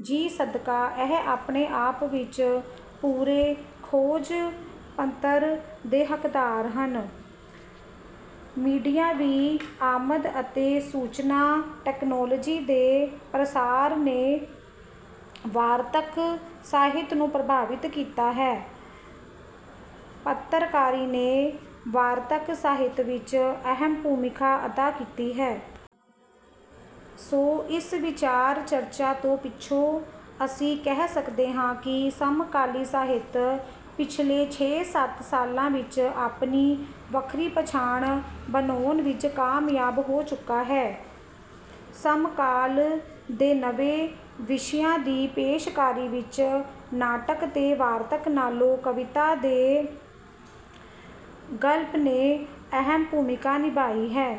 ਜਿਸ ਸਦਕਾ ਇਹ ਆਪਣੇ ਆਪ ਵਿੱਚ ਪੂਰੇ ਖੋਜ-ਪੱਤਰ ਦੇ ਹੱਕਦਾਰ ਹਨ। ਮੀਡੀਆ ਦੀ ਆਮਦ ਅਤੇ ਸੂਚਨਾ ਤਕਨਾਲੋਜੀ ਦੇ ਪਸਾਰ ਨੇ ਵਾਰਤਕ ਸਾਹਿਤ ਨੂੰ ਪ੍ਰਭਾਵਿਤ ਕੀਤਾ ਹੈ। ਪੱਤਰਕਾਰੀ ਨੇ ਵਾਰਤਕ ਸਾਹਿਤ ਵਿੱਚ ਅਹਿਮ ਭੂਮਿਕਾ ਅਦਾ ਕੀਤੀ ਹੈ। ਸੋ ਇਸ ਵਿਚਾਰ-ਚਰਚਾ ਤੋਂ ਪਿੱਛੋਂ ਅਸੀਂ ਕਹਿ ਸਕਦੇ ਹਾਂ ਕਿ ਸਮਕਾਲੀ ਸਾਹਿਤ ਪਿਛਲੇ ਛੇ-ਸੱਤ ਸਾਲਾਂ ਵਿੱਚ ਆਪਣੀ ਵੱਖਰੀ ਪਛਾਣ ਬਣਾਉਣ ਵਿੱਚ ਕਾਮਯਾਬ ਹੋ ਚੁੱਕਾ ਹੈ। ਸਮਕਾਲ ਦੇ ਨਵੇਂ ਵਿਸ਼ਿਆਂ ਦੀ ਪੇਸ਼ਕਾਰੀ ਵਿੱਚ ਨਾਟਕ ਤੇ ਵਾਰਤਕ ਨਾਲੋਂ ਕਵਿਤਾ ਤੇ ਗਲਪ ਨੇ ਅਹਿਮ ਭੂਮਿਕਾ ਨਿਭਾਈ ਹੈ।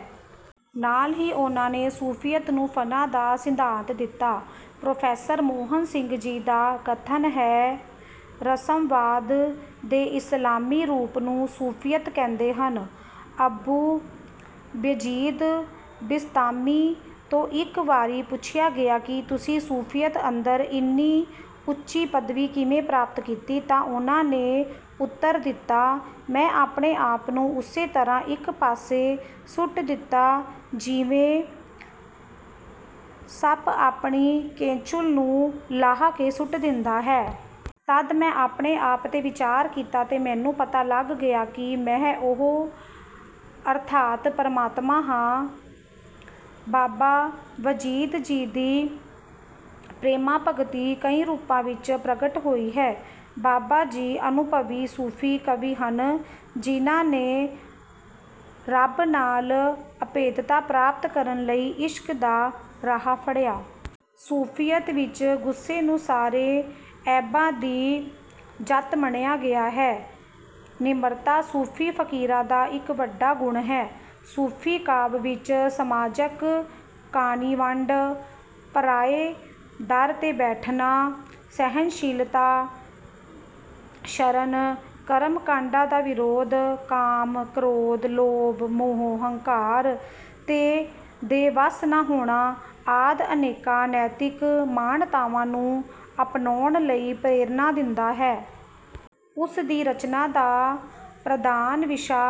ਨਾਲ ਹੀ ਉਨ੍ਹਾਂ ਨੇ ਸੂਫ਼ੀਮਤ ਨੂੰ 'ਫਨਾ' ਦਾ ਸਿਧਾਂਤ ਦਿੱਤਾ। ਪ੍ਰੋਫੈਸਰ ਮੋਹਨ ਸਿੰਘ ਜੀ ਦਾ ਕਥਨ ਹੈ, "ਰਹੱਸਵਾਦ ਦੇ ਇਸਲਾਮੀ ਰੂਪ ਨੂੰ ਸੂਫ਼ੀਮਤ ਕਹਿੰਦੇ ਹਨ।" ਅਬੂ ਬਯਜੀਦ ਬਿਸਤਾਮੀ ਤੋਂ ਇੱਕ ਵਾਰੀ ਪੁੱਛਿਆ ਗਿਆ ਕਿ ਤੁਸੀਂ ਸੂਫ਼ੀਮਤ ਅੰਦਰ ਇੰਨੀ ਉੱਚੀ ਪਦਵੀ ਕਿਵੇਂ ਪ੍ਰਾਪਤ ਕੀਤੀ, ਤਾਂ ਉਨ੍ਹਾਂ ਨੇ ਉੱਤਰ ਦਿੱਤਾ, "ਮੈਂ ਆਪਣੇ ਆਪ ਨੂੰ ਉਸੇ ਤਰ੍ਹਾਂ ਇੱਕ ਪਾਸੇ ਸੁੱਟ ਦਿੱਤਾ ਜਿਵੇਂ ਸੱਪ ਆਪਣੀ ਕੈਂਚੁਲ ਨੂੰ ਲਾਹ ਕੇ ਸੁੱਟ ਦਿੰਦਾ ਹੈ। ਤਦ ਮੈਂ ਆਪਣੇ ਆਪ ਤੇ ਵਿਚਾਰ ਕੀਤਾ ਤੇ ਮੈਨੂੰ ਪਤਾ ਲੱਗ ਗਿਆ ਕਿ ਮੈਂ ਉਹ, ਅਰਥਾਤ ਪਰਮਾਤਮਾ ਹਾਂ।" ਬਾਬਾ ਵਜੀਦ ਜੀ ਦੀ ਪ੍ਰੇਮਾ-ਭਗਤੀ ਕਈ ਰੂਪਾਂ ਵਿੱਚ ਪ੍ਰਗਟ ਹੋਈ ਹੈ। ਬਾਬਾ ਜੀ ਅਨੁਭਵੀ ਸੂਫ਼ੀ ਕਵੀ ਹਨ ਜਿਨ੍ਹਾਂ ਨੇ ਰੱਬ ਨਾਲ ਅਭੇਦਤਾ ਪ੍ਰਾਪਤ ਕਰਨ ਲਈ ਇਸ਼ਕ ਦਾ ਰਾਹ ਫੜਿਆ। ਸੂਫ਼ੀਮਤ ਵਿੱਚ ਗੁੱਸੇ ਨੂੰ ਸਾਰੇ ਐਬਾਂ ਦੀ ਜੜ੍ਹ ਮੰਨਿਆ ਗਿਆ ਹੈ। ਨਿਮਰਤਾ ਸੂਫ਼ੀ ਫਕੀਰਾਂ ਦਾ ਇੱਕ ਵੱਡਾ ਗੁਣ ਹੈ। ਸੂਫ਼ੀ ਕਾਵਿ ਵਿੱਚ ਸਮਾਜਕ ਕਾਣੀ ਵੰਡ, ਪਰਾਏ ਦਰ ਤੇ ਬੈਠਣਾ, ਸਹਿਣਸ਼ੀਲਤਾ, ਸ਼ਰਨ, ਕਰਮ-ਕਾਂਡਾਂ ਦਾ ਵਿਰੋਧ, ਕਾਮ, ਕ੍ਰੋਧ, ਲੋਭ, ਮੋਹ, ਹੰਕਾਰ ਦੇ ਵੱਸ ਨਾ ਹੋਣਾ ਆਦਿ ਅਨੇਕਾਂ ਨੈਤਿਕ ਮਾਨਤਾਵਾਂ ਨੂੰ ਅਪਣਾਉਣ ਲਈ ਪ੍ਰੇਰਨਾ ਦਿੰਦਾ ਹੈ। ਉਸ ਦੀ ਰਚਨਾ ਦਾ ਪ੍ਰਧਾਨ ਵਿਸ਼ਾ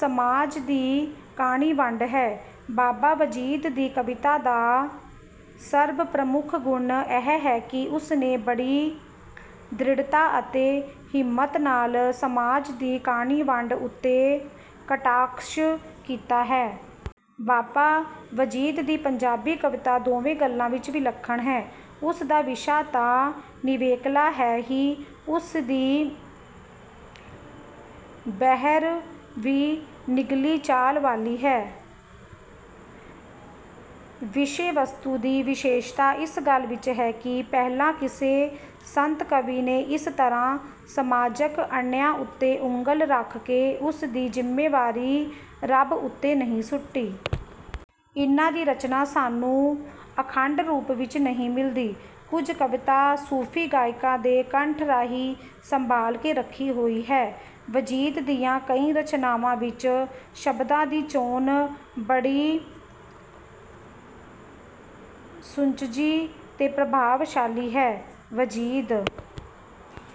ਸਮਾਜ ਦੀ ਕਾਣੀ ਵੰਡ ਹੈ। ਬਾਬਾ ਵਜੀਦ ਦੀ ਕਵਿਤਾ ਦਾ ਸਰਬ-ਪ੍ਰਮੁੱਖ ਗੁਣ ਇਹ ਹੈ ਕਿ ਉਸਨੇ ਬੜੀ ਦ੍ਰਿੜ੍ਹਤਾ ਅਤੇ ਹਿੰਮਤ ਨਾਲ ਸਮਾਜ ਦੀ ਕਾਣੀ ਵੰਡ ਉੱਤੇ ਕਟਾਖ਼ਸ਼ ਕੀਤਾ ਹੈ। ਬਾਬਾ ਵਜੀਦ ਦੀ ਪੰਜਾਬੀ ਕਵਿਤਾ ਦੋਵੇਂ ਗੱਲਾਂ ਵਿੱਚ ਵਿਲੱਖਣ ਹੈ। ਉਸਦਾ ਵਿਸ਼ਾ ਤਾਂ ਨਿਵੇਕਲਾ ਹੈ ਹੀ, ਉਸਦੀ ਬਹਿਰ ਵੀ ਨਿਗਲੀ ਚਾਲ ਵਾਲੀ ਹੈ। ਵਿਸ਼ੇ-ਵਸਤੂ ਦੀ ਵਿਸ਼ੇਸ਼ਤਾ ਇਸ ਗੱਲ ਵਿੱਚ ਹੈ ਕਿ ਪਹਿਲਾਂ ਕਿਸੇ ਸੰਤ-ਕਵੀ ਨੇ ਇਸ ਤਰ੍ਹਾਂ ਸਮਾਜਕ ਅਨਿਆਂ ਉੱਤੇ ਉਂਗਲ ਰੱਖ ਕੇ ਉਸਦੀ ਜ਼ਿੰਮੇਵਾਰੀ ਰੱਬ ਉੱਤੇ ਨਹੀਂ ਸੁੱਟੀ। ਇਨ੍ਹਾਂ ਦੀ ਰਚਨਾ ਸਾਨੂੰ ਅਖੰਡ ਰੂਪ ਵਿੱਚ ਨਹੀਂ ਮਿਲਦੀ। ਕੁਝ ਕਵਿਤਾ ਸੂਫ਼ੀ ਗਾਇਕਾਂ ਦੇ ਕੰਠ ਰਾਹੀਂ ਸੰਭਾਲ ਕੇ ਰੱਖੀ ਹੋਈ ਹੈ। ਵਜੀਦ ਦੀਆਂ ਕਈ ਰਚਨਾਵਾਂ ਵਿੱਚ ਸ਼ਬਦਾਂ ਦੀ ਚੋਣ ਬੜੀ ਸੁਚੱਜੀ ਤੇ ਪ੍ਰਭਾਵਸ਼ਾਲੀ ਹੈ। ਵਜੀਦ